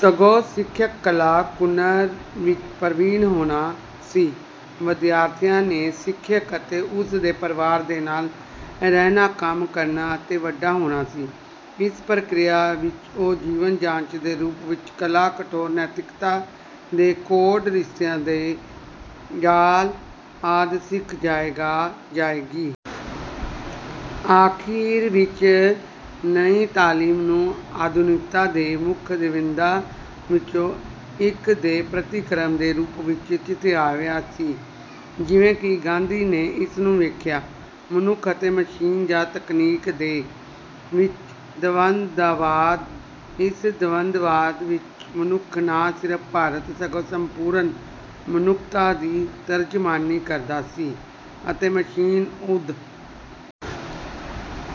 ਸਗੋਂ, ਸਿਖਿਅਕ ਕਲਾ ਕੁਨਰ ਵਿੱਚ ਪਰਵੀਨ ਹੋਣਾ ਸੀ। ਵਿਦਿਆਰਥੀ ਨੇ ਸਿਖਿਅਕ ਅਤੇ ਉਸਦੇ ਪਰਵਾਰ ਦੇ ਨਾਲ ਰਹਿਣਾ ਕੰਮ ਕਰਨਾ ਅਤੇ ਵੱਡਾ ਹੋਣਾ ਸੀ। ਇਸ ਪ੍ਰਕਿਰਿਆ ਵਿੱਚ ਉਹ ਜੀਵਨ ਜਾਚ ਦੇ ਰੂਪ ਵਿੱਚ ਕਲਾ ਕੁਨਰ ਨੈਤਿਕਤਾ ਦੇ ਕੋਡ ਰਿਸ਼ਤਿਆਂ ਦਾ ਜਾਲ ਆਦਿ ਸਿੱਖ ਜਾਏਗਾ ਜਾਏਗੀ। ਆਖਿਰ ਵਿੱਚ ਨਈ ਤਾਲੀਮ ਨੂੰ ਆਧੁਨਿਕਤਾ ਦੇ ਮੁੱਖ ਦਵੰਦਾਂ ਵਿੱਚੋਂ ਇੱਕ ਦੇ ਪ੍ਰਤੀਕਰਮ ਦੇ ਰੂਪ ਵਿੱਚ ਚਿਤਵਿਆ ਸੀ ਜਿਵੇਂ ਕਿ ਗਾਂਧੀ ਨੇ ਇਸਨੂੰ ਵੇਖਿਆ ਮਨੁੱਖ ਅਤੇ ਮਸ਼ੀਨ ਜਾਂ ਤਕਨੀਕੀ ਦੇ ਵਿੱਚ ਦਵੰਦਵਾਦ। ਇਸ ਦਵੰਦਵਾਦ ਵਿੱਚ ਮਨੁੱਖ ਨਾ ਸਿਰਫ ਭਾਰਤ ਸਗੋਂ ਸੰਪੂਰਨ ਮਨੁੱਖਤਾ ਦੀ ਤਰਜਮਾਨੀ ਕਰਦਾ ਸੀ ਅਤੇ ਮਸ਼ੀਨ ਉਦਯੋਗਿਕ ਪੱਛਮ ਦੀ ਤਰਜਮਾਨੀ ਕਰਦੀ ਸੀ।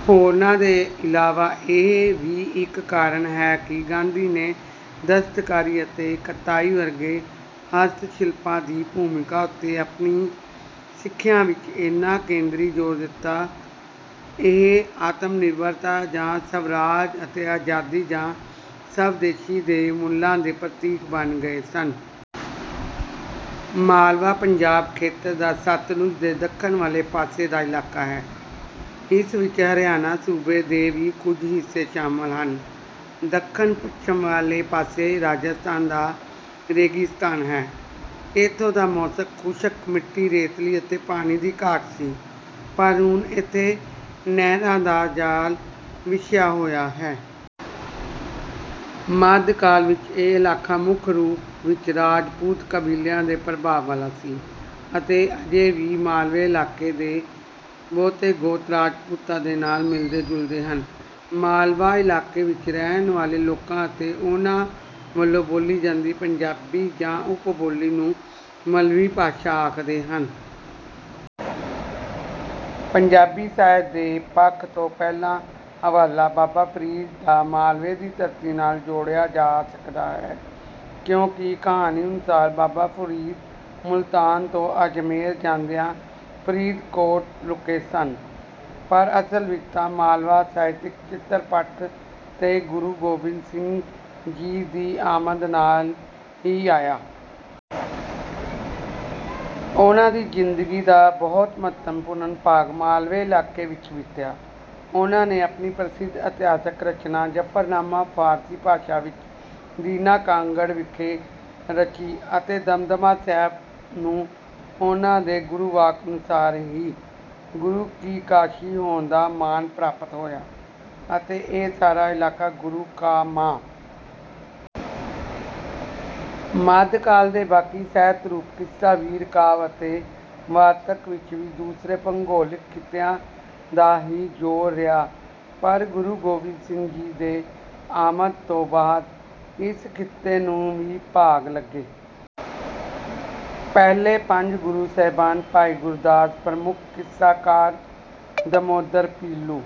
ਹੋਰਨਾਂ ਦੇ ਇਲਾਵਾ ਇਹ ਵੀ ਇੱਕ ਕਾਰਨ ਹੈ ਕਿ ਗਾਂਧੀ ਨੇ ਦਸਤਕਾਰੀ ਅਤੇ ਕਤਾਈ ਵਰਗੇ ਹਸਤਸ਼ਿਲਪਾਂ ਦੀ ਭੂਮਿਕਾ ਉੱਤੇ ਆਪਣੀ ਸਿੱਖਿਆ ਵਿੱਚ ਏਨਾ ਕੇਂਦਰੀ ਜ਼ੋਰ ਦਿੱਤਾ। ਇਹ ਆਤਮਨਿਰਭਰਤਾ ਜਾਂ ਸਵਰਾਜ ਅਤੇ ਆਜ਼ਾਦੀ ਜਾਂ ਸਵਦੇਸ਼ੀ ਦੇ ਮੁੱਲਾਂ ਦੇ ਪ੍ਰਤੀਕ ਬਣ ਗਏ ਸਨ। ਮਾਲਵਾ ਪੰਜਾਬ ਖੇਤਰ ਦਾ ਸਤਲੁਜ ਦੇ ਦੱਖਣ ਵਾਲੇ ਪਾਸੇ ਦਾ ਇਲਾਕਾ ਹੈ। ਇਸ ਵਿੱਚ ਹਰਿਆਣਾ ਸੂਬੇ ਦੇ ਵੀ ਕੁਝ ਹਿੱਸੇ ਸ਼ਾਮਲ ਹਨ। ਦੱਖਣ ਪੱਛਮ ਵਾਲੇ ਪਾਸੇ ਰਾਜਸਥਾਨ ਦਾ ਰੇਗਿਸਤਾਨ ਹੈ। ਇੱਥੋਂ ਦਾ ਮੌਸਮ ਖੁਸ਼ਕ ਮਿੱਟੀ ਰੇਤਲੀ ਅਤੇ ਪਾਣੀ ਦੀ ਘਾਟ ਸੀ ਪਰ ਹੁਣ ਇੱਥੇ ਨਹਿਰਾਂ ਦਾ ਜਾਲ ਵਿਛਿਆ ਹੋਇਆ ਹੈ। ਮੱਧਕਾਲ ਵਿੱਚ ਇਹ ਇਲਾਕਾ ਮੁੱਖ ਰੂਪ ਵਿੱਚ ਰਾਜਪੂਤ ਕਬੀਲਿਆਂ ਦੇ ਪ੍ਰਭਾਵ ਵਾਲਾ ਸੀ ਅਤੇ ਅਜੇ ਵੀ ਮਾਲਵੇ ਇਲਾਕੇ ਦੇ ਬਹੁਤੇ ਗੋਤ ਰਾਜਪੂਤਾਂ ਨਾਲ ਮਿਲਦੇ ਜੁਲਦੇ ਹਨ। ਮਾਲਵਾ ਇਲਾਕੇ ਵਿੱਚ ਰਹਿਣ ਵਾਲੇ ਲੋਕਾਂ ਅਤੇ ਓਹਨਾਂ ਵੱਲੋਂ ਬੋਲੀ ਜਾਂਦੀ ਪੰਜਾਬੀ ਦੀ ਉਪਬੋਲੀ ਨੂੰ ਮਲਵਈ ਭਾਸ਼ਾ ਆਖਦੇ ਹਨ। ਪੰਜਾਬੀ ਸਾਹਿਤ ਦੇ ਪੱਖ ਤੋਂ ਪਹਿਲਾ ਹਵਾਲਾ ਬਾਬਾ ਫਰੀਦ ਦਾ ਮਾਲਵੇ ਦੀ ਧਰਤੀ ਨਾਲ ਜੋੜਿਆ ਜਾ ਸਕਦਾ ਹੈ। ਕਿਉਂਕਿ ਕਹਾਣੀ ਅਨੁਸਾਰ ਬਾਬਾ ਫਰੀਦ ਮੁਲਤਾਨ ਤੋਂ ਅਜਮੇਰ ਜਾਂਦਿਆਂ ਫਰੀਦਕੋਟ ਰੁਕੇ ਸਨ ਪਰ ਅਸਲ ਵਿੱਚ ਤਾਂ ਮਾਲਵਾ ਸਾਹਿਤਕ ਚਿੱਤਰਪੱਟ ਤੇ ਗੁਰੂ ਗੋਬਿੰਦ ਸਿੰਘ ਜੀ ਦੀ ਆਮਦ ਨਾਲ ਹੀ ਆਇਆ। ਉਨ੍ਹਾਂ ਦੀ ਜ਼ਿੰਦਗੀ ਦਾ ਬਹੁਤ ਮਹੱਤਵਪੂਰਨ ਭਾਗ ਮਾਲਵੇ ਇਲਾਕੇ ਵਿੱਚ ਬੀਤਿਆ। ਉਨ੍ਹਾਂ ਨੇ ਆਪਣੀ ਪ੍ਰਸਿੱਧ ਇਤਿਹਾਸਕ ਰਚਨਾ ਜ਼ਫਰਨਾਮਾ ਫਾਰਸੀ ਭਾਸ਼ਾ ਵਿੱਚ ਦੀਨਾ ਕਾਂਗੜ ਵਿਖੇ ਰਚੀ ਅਤੇ ਦਮਦਮਾ ਸਾਹਿਬ ਨੂੰ ਉਨ੍ਹਾਂ ਦੇ ਗੁਰਵਾਕ ਅਨੁਸਾਰ ਹੀ ਗੁਰੂ ਕੀ ਕਾਸ਼ੀ ਹੋਣ ਦਾ ਮਾਣ ਪ੍ਰਾਪਤ ਹੋਇਆ ਅਤੇ ਇਹ ਸਾਰਾ ਇਲਾਕਾ ਗੁਰੂ ਕਾ ਮਾਲਵਾ ਅਖਵਾਇਆ। ਮੱਧਕਾਲ ਦੇ ਬਾਕੀ ਸਾਹਿਤ ਰੂਪ ਕਿੱਸਾ ਵੀਰ ਕਾਵਿ ਅਤੇ ਵਾਰਤਕ ਵਿੱਚ ਵੀ ਦੂਸਰੇ ਭੂਗੋਲਿਕ ਖਿੱਤਿਆਂ ਦਾ ਹੀ ਜ਼ੋਰ ਰਿਹਾ ਪਰ ਗੁਰੂ ਗੋਬਿੰਦ ਸਿੰਘ ਜੀ ਦੇ ਆਮਦ ਤੋਂ ਬਾਅਦ ਇਸ ਖਿੱਤੇ ਨੂੰ ਵੀ ਭਾਗ ਲੱਗੇ। ਪਹਿਲੇ ਪੰਜੇ ਗੁਰੂ ਸਾਹਿਬਾਨ ਭਾਈ ਗੁਰਦਾਸ ਪ੍ਰਮੁੱਖ ਕਿੱਸਾਕਾਰ ਦਮੋਦਰ ਪੀਲੂ